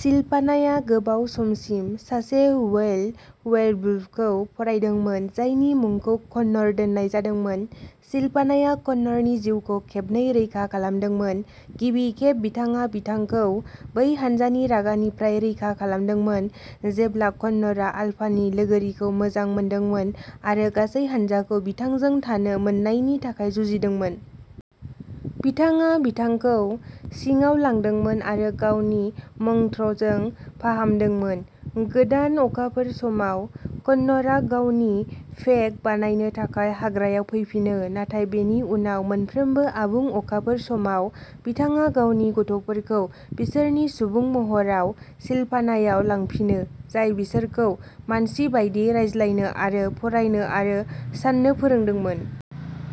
सिलभानाया गोबाव समसिम सासे वाइल्ड वेयरवुल्फखौ फरायदोंमोन, जायनि मुंखौ कनर दोननाय जादोंमोन। सिलभानाया कनरनि जिउखौ खेबनै रैखा खालामदोंमोन। गिबि खेब बिथाङा बिथांखौ बै हान्जानि रागानिफ्राय रैखा खालामदोंमोन जेब्ला कनरआ आल्फानि लोगोरिखौ मोजां मोनदोंमोन आरो गासै हान्जाखौ बिथांजों थानो मोन्नायनि थाखाय जुजिदोंमोन। बिथाङा बिथांखौ सिङाव लांदोंमोन आरो गावनि मंत्रजों फाहामदोंमोन। गोदान अखाफोर समाव, कनरआ गावनि पेक बानायनो थाखाय हाग्रायाव फैफिनो, नाथाय बेनि उनाव मोनफ्रोमबो आबुं अखाफोर समाव, बिथाङा गावनि गथ'फोरखौ बिसोरनि सुबुं महराव सिलभानायाव लांफिनो, जाय बिसोरखौ मानसि बायदि रायज्लायनो आरो फरायनो आरो साननो फोरोंदोंमोन।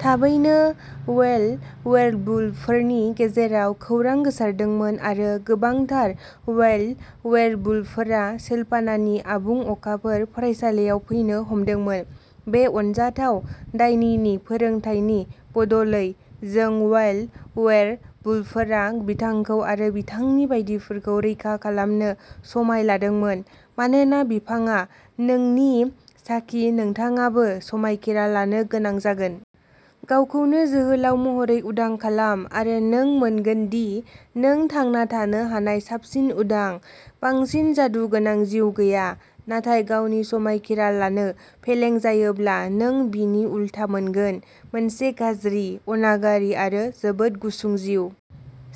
थाबैनो वाइल्ड वेयरवुल्फफोरनि गेजेराव खौरां गोसारदोंमोन आरो गोबांथार वाइल्ड वेयरवुल्फफोरा सिलभानानि आबुं अखाफोर फरायसालियाव फैनो हमदोंमोन। बे अनजाथाव डायनिनि फोरोंथायनि बदलै, जों वाइल्ड वेयरवुल्फफोरा बिथांखौ आरो बिथांनि बायदिफोरखौ रैखा खालामनो समाय लादोंमोन। मानोना बिफांआ नोंनि साखि, नोंथाङाबो समायखिरा लानो गोनां जागोन। गावखौनो जोहोलाव महरै उदां खालाम आरो नों मोनगोन दि नों थांना थानो हानाय साबसिन उदां, बांसिन जादुगोनां जिउ गैया। नाथाय गावनि समायखिरा लानो फेलें जायोब्ला नों बिनि उलथा मोनगोन, मोनसे गाज्रि, अनागारि आरो जोबोद गुसुं जिउ।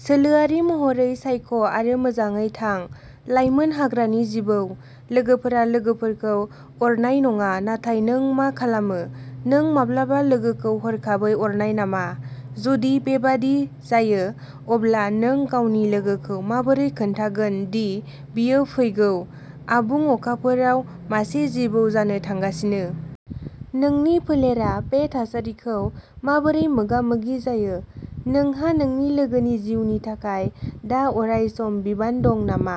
सोलोआरि महरै सायख'आरो मोजाङै थां, लाइमोन हाग्रानि जिबौ। लोगोफोरा लोगोफोरखौ अरनाय नङा-नाथाय नों मा खालामो? नों माब्लाबा लोगोखौ हरखाबै अरनाय नामा? जुदि बेबादि जायो, अब्ला नों गावनि लोगोखौ माबोरै खोन्थागोन दि बियो फैगौ आबुं अखाफोराव मासे जिबौ जानो थांगासिनो। नोंनि फोलेरा बे थासारिखौ माबोरै मोगा-मोगि जायो? नोंहा नोंनि लोगोनि जिउनि थाखाय दा अरायसम बिबान दं नामा?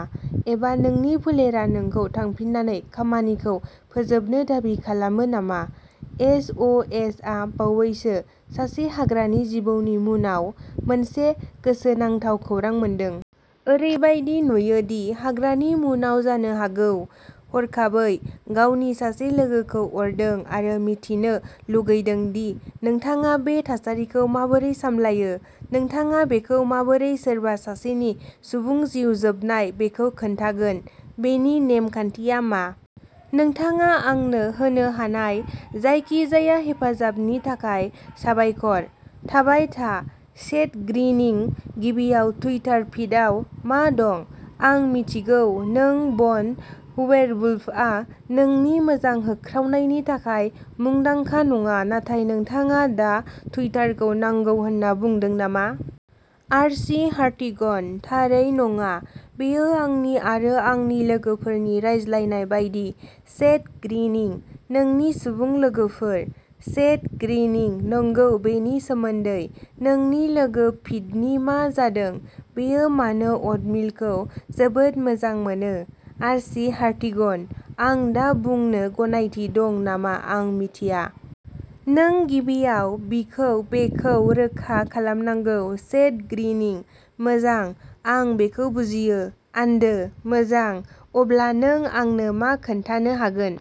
एबा नोंनि फोलेरा नोंखौ थांफिननानै खामानिखौ फोजोबनो दाबि खालामो नामा? एस. अ. एस. आ बावैसो सासे हाग्रानि जिबौनि मुनाव मोनसे गोसोनांथाव खौरां मोनदों। ओरैबायदि नुयो दि हाग्रानि मुनाव जानो हागौ। हरखाबै गावनि सासे लोगोखौ अरदों आरो मिथिनो लुगैदों दि नोंथाङा बे थासारिखौ माबोरै सामलायो। नोंथाङा बेखौ माबोरै सोरबा सासेनि सुबुं जिउ जोबबाय बेखौ खोन्थागोन बेनि नेम-खान्थिया मा? नोंथाङा आंनो होनो हानाय जायखिजाया हेफाजाबनि थाखाय साबायखर। थाबाय था। सेथ ग्रिनिं, गिबियाव टुइटार फिडआव मा दं? आं मिन्थिगौ नों बन वेयरवुल्फआ नोंनि मोजां होख्रावनायनि थाखाय मुंदांखा नङा, नाथाय नोंथाङा दा टुइटारखौ नांगौ होनना बुंदों नामा? आर्ची हार्टिगन थारै नङा। बेयो आंनि आरो आंनि लोगोफोरनि रायज्लायनाय बायदि। सेथ ग्रिनिं नोंनि सुबुं लोगोफोर सेथ ग्रिनिं नंगौ बेनि सोमोन्दै। नोंनि लोगो पिटनि मा जादों? बियो मानो अ'टमिलखौ जोबोद मोजां मोनो आर्ची हार्टिगन आं दा बुंनो गनायथि दं नामा आं मिथिया। नों गिबियाव बिखौ बेखौ रोखा खालामनांगौ। सेथ ग्रिनिं मोजां, आं बेखौ बुजियो। आन्दो, मोजां। अब्ला नों आंनो मा खोन्थानो हागोन?